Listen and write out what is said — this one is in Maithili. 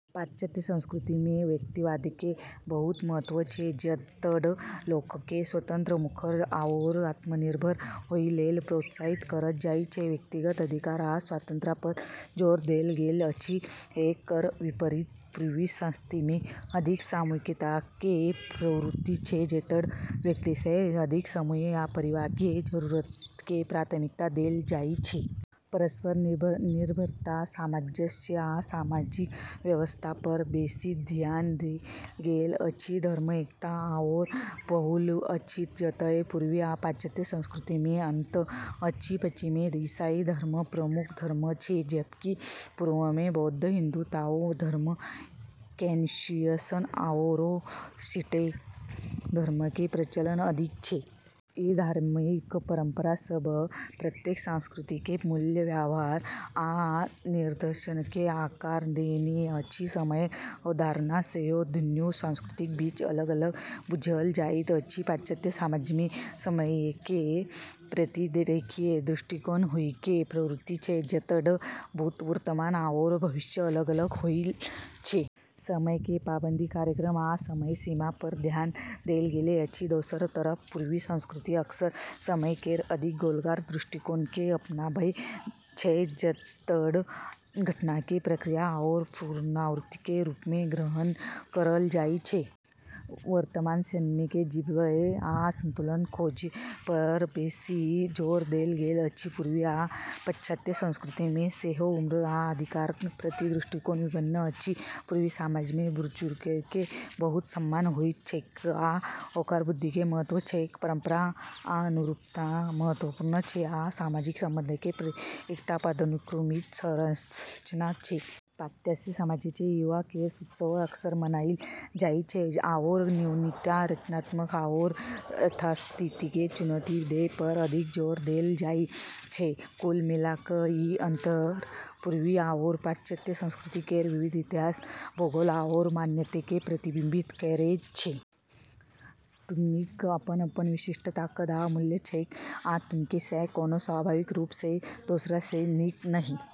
पाश्चात्य संस्कृतिमे व्यक्तिवादके बहुत महत्व छै, जतऽ लोकके स्वतंत्र, मुखर, आओर आत्मनिर्भर होइ लेल प्रोत्साहित करल जाइ छै। व्यक्तिगत अधिकार आ स्वतंत्रता पर जोर देल गेल अछि। एकर विपरीत पूर्वी संस्कृतिमे अधिक सामूहिकताके प्रवृत्ति छै, जतऽ व्यक्तिसँ अधिक समूह या परिवारके जरूरतके प्राथमिकता देल जाइ छै। परस्पर निर्भरता, सामंजस्य, आ सामाजिक व्यवस्था पर बेशी धियान देल गेल अछि। धर्म एकटा आओर पहलू अछि जतय पूर्वी आ पाश्चात्य संस्कृतिमे अंतर अछि पश्चिममे ईसाई धर्म प्रमुख धर्म छै, जबकि पूर्वमे बौद्ध, हिन्दू, ताओ धर्म, कन्फ्यूशियस, आओर शिंटो धर्मके प्रचलन अधिक छै। ई धार्मिक परंपरा सब प्रत्येक संस्कृतिके मूल्य, व्यवहार, आ दर्शनके आकार देने अछि समयक अवधारणा सेहो दुन्नु संस्कृतिक बीच अलग-अलग बूझल जाइत अछि पाश्चात्य समाजमे समयके प्रति रेखीय दृष्टिकोण होइके प्रवृत्ति छै, जतऽ भूत, वर्तमान आओर भविष्य अलग-अलग होइ छै। समयके पाबंदी, कार्यक्रम, आ समय सीमा पर ध्यान देल गेल अछि। दोसर तरफ पूर्वी संस्कृति अक्सर समय केर अधिक गोलाकार दृष्टिकोणके अपनाबै छै, जतऽ घटनाके चक्रीय आओर पुनरावर्तीके रूपमे ग्रहण करल जाइ छै। वर्तमान क्षणमे जीबय आ संतुलन खोजय पर बेशी जोर देल गेल अछि । पूर्वी आ पाश्चात्य संस्कृतिमे सेहो उम्र आ अधिकारक प्रति दृष्टिकोण भिन्न अछि पूर्वी समाजमे बुजुर्गके बहुत सम्मान होइत छैक आ ओकर बुद्धिके महत्व छैक परंपरा आ अनुरूपता महत्वपूर्ण छै, आ सामाजिक संबंधके एकटा पदानुक्रमित संरचना छै । पाश्चात्य समाजमे युवा केर उत्सव अक्सर मनाइल जाइ छै, आओर नवीनता, रचनात्मकता, आओर यथास्थितिके चुनौती दै पर अधिक जोर देल जाइ छै। कुल मिला क' ई अंतर पूर्वी आओर पाश्चात्य संस्कृति केर विविध इतिहास, भूगोल, आओर मान्यताके प्रतिबिंबित करै छै। दुन्नूक अपन-अपन विशिष्ट ताकत आ मूल्य छैक, आ दुन्नूमे सँ कोनो स्वाभाविक रूप सँ दोसर सँ नीक नहि।